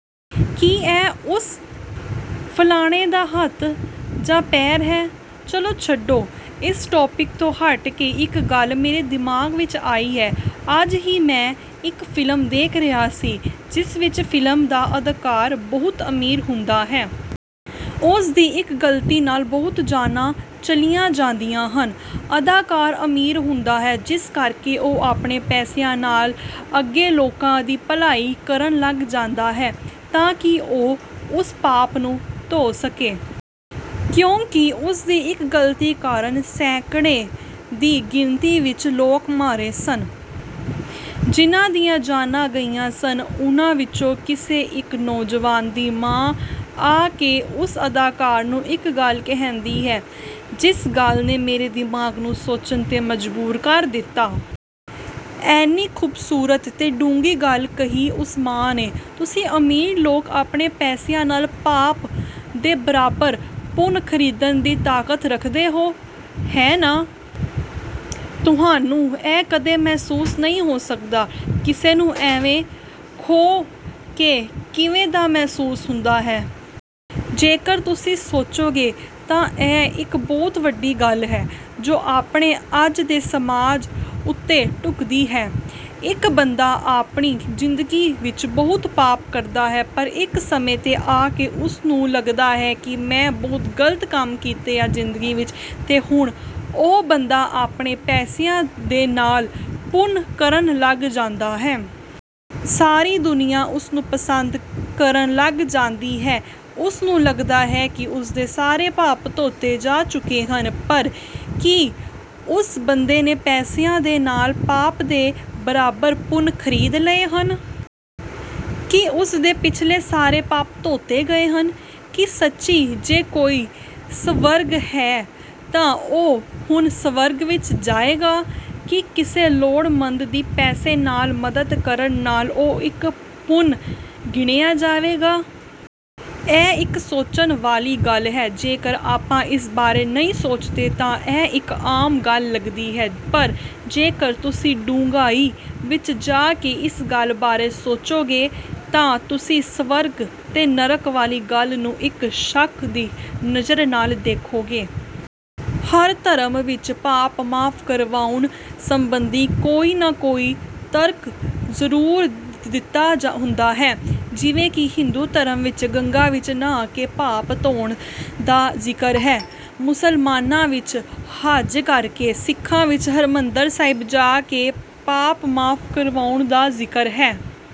ਕੀ ਇਹ ਉਸ ਫਲਾਣੇ ਦਾ ਹੱਥ ਜਾਂ ਪੈਰ ਹੈ? ਚੱਲੋ ਛੱਡੋ, ਇਸ ਟੋਪੀਕ ਤੋਂ ਹੱਟ ਕੇ ਇੱਕ ਗੱਲ ਮੇਰੇ ਦਿਮਾਗ ਵਿੱਚ ਆਈ ਹੈ। ਅੱਜ ਹੀ ਮੈਂ ਇੱਕ ਫਿਲਮ ਦੇਖ ਰਿਹਾ ਸੀ, ਜਿਸ ਵਿੱਚ ਫਿਲਮ ਦਾ ਅਦਾਕਾਰ ਬਹੁਤ ਅਮੀਰ ਹੁੰਦਾ ਹੈ। ਉਸਦੀ ਇੱਕ ਗਲਤੀ ਨਾਲ ਬਹੁਤ ਜਾਨਾਂ ਚਲੀਆਂ ਜਾਂਦੀਆਂ ਹਨ। ਅਦਾਕਾਰ ਅਮੀਰ ਹੁੰਦਾ ਹੈ, ਜਿਸ ਕਰਕੇ ਉਹ ਆਪਣੇ ਪੈਸਿਆਂ ਨਾਲ ਅੱਗੇ ਲੋਕਾਂ ਦੀ ਭਲਾਈ ਕਰਨ ਲੱਗ ਜਾਂਦਾ ਹੈ, ਤਾਂ ਕਿ ਉਹ ਉਸ ਪਾਪ ਨੂੰ ਧੋ ਸਕੇ। ਕਿਉਂਕਿ ਉਸਦੀ ਇੱਕ ਗਲਤੀ ਕਾਰਨ ਸੈਂਕੜੇ ਦੀ ਗਿਣਤੀ ਵਿੱਚ ਲੋਕ ਮਰੇ ਸਨ। ਜਿਨ੍ਹਾਂ ਦੀਆਂ ਜਾਨਾਂ ਗਈਆਂ ਸਨ, ਉਹਨਾਂ ਵਿੱਚੋਂ ਕਿਸੇ ਇੱਕ ਨੌਜਵਾਨ ਦੀ ਮਾਂ ਆ ਕੇ ਉਸ ਅਦਾਕਾਰ ਨੂੰ ਇੱਕ ਗੱਲ ਕਹਿੰਦੀ ਹੈ, ਜਿਸ ਗੱਲ ਨੇ ਮੇਰੇ ਦਿਮਾਗ ਨੂੰ ਸੋਚਣ ਤੇ ਮਜਬੂਰ ਕਰ ਦਿੱਤਾ। ਏਨੀ ਖੂਬਸੂਰਤ ਤੇ ਡੂੰਘੀ ਗੱਲ ਕਹੀ ਉਸ ਮਾਂ ਨੇ, "ਤੁਸੀਂ ਅਮੀਰ ਲੋਕ ਆਪਣੇ ਪੈਸਿਆਂ ਨਾਲ ਪਾਪ ਦੇ ਬਰਾਬਰ ਪੁੰਨ ਖਰੀਦਣ ਦੀ ਤਾਕਤ ਰੱਖਦੇ ਹੋ, ਹੈ ਨਾ? ਤੁਹਾਨੂੰ ਇਹ ਕਦੇ ਮਹਿਸੂਸ ਨਹੀਂ ਹੋ ਸਕਦਾ, ਕਿਸੇ ਨੂੰ ਏਵੇਂ ਖੋ ਕੇ ਕਿਵੇਂ ਦਾ ਮਹਿਸੂਸ ਹੁੰਦਾ ਹੈ।" ਜੇਕਰ ਤੁਸੀਂ ਸੋਚੋਗੇ ਤਾਂ ਇਹ ਇੱਕ ਬਹੁਤ ਵੱਡੀ ਗੱਲ ਹੈ, ਜੋ ਆਪਣੇ ਅੱਜ ਦੇ ਸਮਾਜ ਉੱਤੇ ਢੁੱਕਦੀ ਹੈ। ਇੱਕ ਬੰਦਾ ਆਪਣੀ ਜ਼ਿੰਦਗੀ ਵਿੱਚ ਬਹੁਤ ਪਾਪ ਕਰਦਾ ਹੈ, ਪਰ ਇੱਕ ਸਮੇਂ ਤੇ ਆ ਕੇ ਉਸਨੂੰ ਲੱਗਦਾ ਹੈ ਕਿ ਮੈਂ ਬਹੁਤ ਗਲਤ ਕੰਮ ਕੀਤੇ ਆ ਜ਼ਿੰਦਗੀ ਵਿੱਚ, ਤੇ ਹੁਣ ਉਹ ਬੰਦਾ ਆਪਣੇ ਪੈਸਿਆਂ ਦੇ ਨਾਲ ਪੁੰਨ ਕਰਨ ਲੱਗ ਜਾਂਦਾ ਹੈ। ਸਾਰੀ ਦੁਨੀਆਂ ਉਸਨੂੰ ਪਸੰਦ ਕਰਨ ਲੱਗ ਜਾਂਦੀ ਹੈ। ਉਸਨੂੰ ਲੱਗਦਾ ਹੈ ਕਿ ਉਸਦੇ ਸਾਰੇ ਪਾਪ ਧੋਤੇ ਜਾ ਚੁੱਕੇ ਹਨ। ਪਰ ਕੀ ਉਸ ਬੰਦੇ ਨੇ ਪੈਸਿਆਂ ਦੇ ਨਾਲ ਪਾਪ ਦੇ ਬਰਾਬਰ ਪੁੰਨ ਖਰੀਦ ਲਏ ਹਨ? ਕੀ ਉਸਦੇ ਪਿਛਲੇ ਸਾਰੇ ਪਾਪ ਧੋਤੇ ਗਏ ਹਨ? ਕੀ ਸੱਚੀ ਜੇ ਕੋਈ ਸਵਰਗ ਹੈ ਤਾਂ ਉਹ ਹੁਣ ਸਵਰਗ ਵਿੱਚ ਜਾਏਗਾ? ਕੀ ਕਿਸੇ ਲੋੜਮੰਦ ਦੀ ਪੈਸੇ ਨਾਲ ਮਦਦ ਕਰਨ ਨਾਲ ਉਹ ਇੱਕ ਪੁੰਨ ਗਿਣਿਆ ਜਾਵੇਗਾ? ਇਹ ਇੱਕ ਸੋਚਣ ਵਾਲੀ ਗੱਲ ਹੈ। ਜੇਕਰ ਆਪਾਂ ਇਸ ਬਾਰੇ ਨਹੀਂ ਸੋਚਦੇ ਤਾਂ ਇਹ ਇੱਕ ਆਮ ਗੱਲ ਲੱਗਦੀ ਹੈ, ਪਰ ਜੇਕਰ ਤੁਸੀਂ ਡੂੰਘਾਈ ਵਿੱਚ ਜਾ ਕੇ ਇਸ ਗੱਲ ਬਾਰੇ ਸੋਚੋਗੇ ਤਾਂ ਤੁਸੀਂ ਸਵਰਗ ਤੇ ਨਰਕ ਵਾਲੀ ਗੱਲ ਨੂੰ ਇੱਕ ਸ਼ੱਕ ਦੀ ਨਜ਼ਰ ਨਾਲ ਦੇਖੋਗੇ। ਹਰ ਧਰਮ ਵਿੱਚ ਪਾਪ ਮਾਫ਼ ਕਰਵਾਉਣ ਸਬੰਧੀ ਕੋਈ ਨਾ ਕੋਈ ਤਰਕ ਜ਼ਰੂਰ ਦਿੱਤਾ ਹੁੰਦਾ ਹੈ। ਜਿਵੇਂ ਕਿ ਹਿੰਦੂ ਧਰਮ ਵਿੱਚ ਗੰਗਾ ਵਿੱਚ ਨਹਾ ਕੇ ਪਾਪ ਧੋਣ ਦਾ ਜ਼ਿਕਰ ਹੈ, ਮੁਸਲਮਾਨਾਂ ਵਿੱਚ ਹੱਜ ਕਰਕੇ, ਸਿੱਖਾਂ ਵਿੱਚ ਹਰਿਮੰਦਰ ਸਾਹਿਬ ਜਾ ਕੇ ਪਾਪ ਮਾਫ਼ ਕਰਵਾਉਣ ਦਾ ਜ਼ਿਕਰ ਹੈ।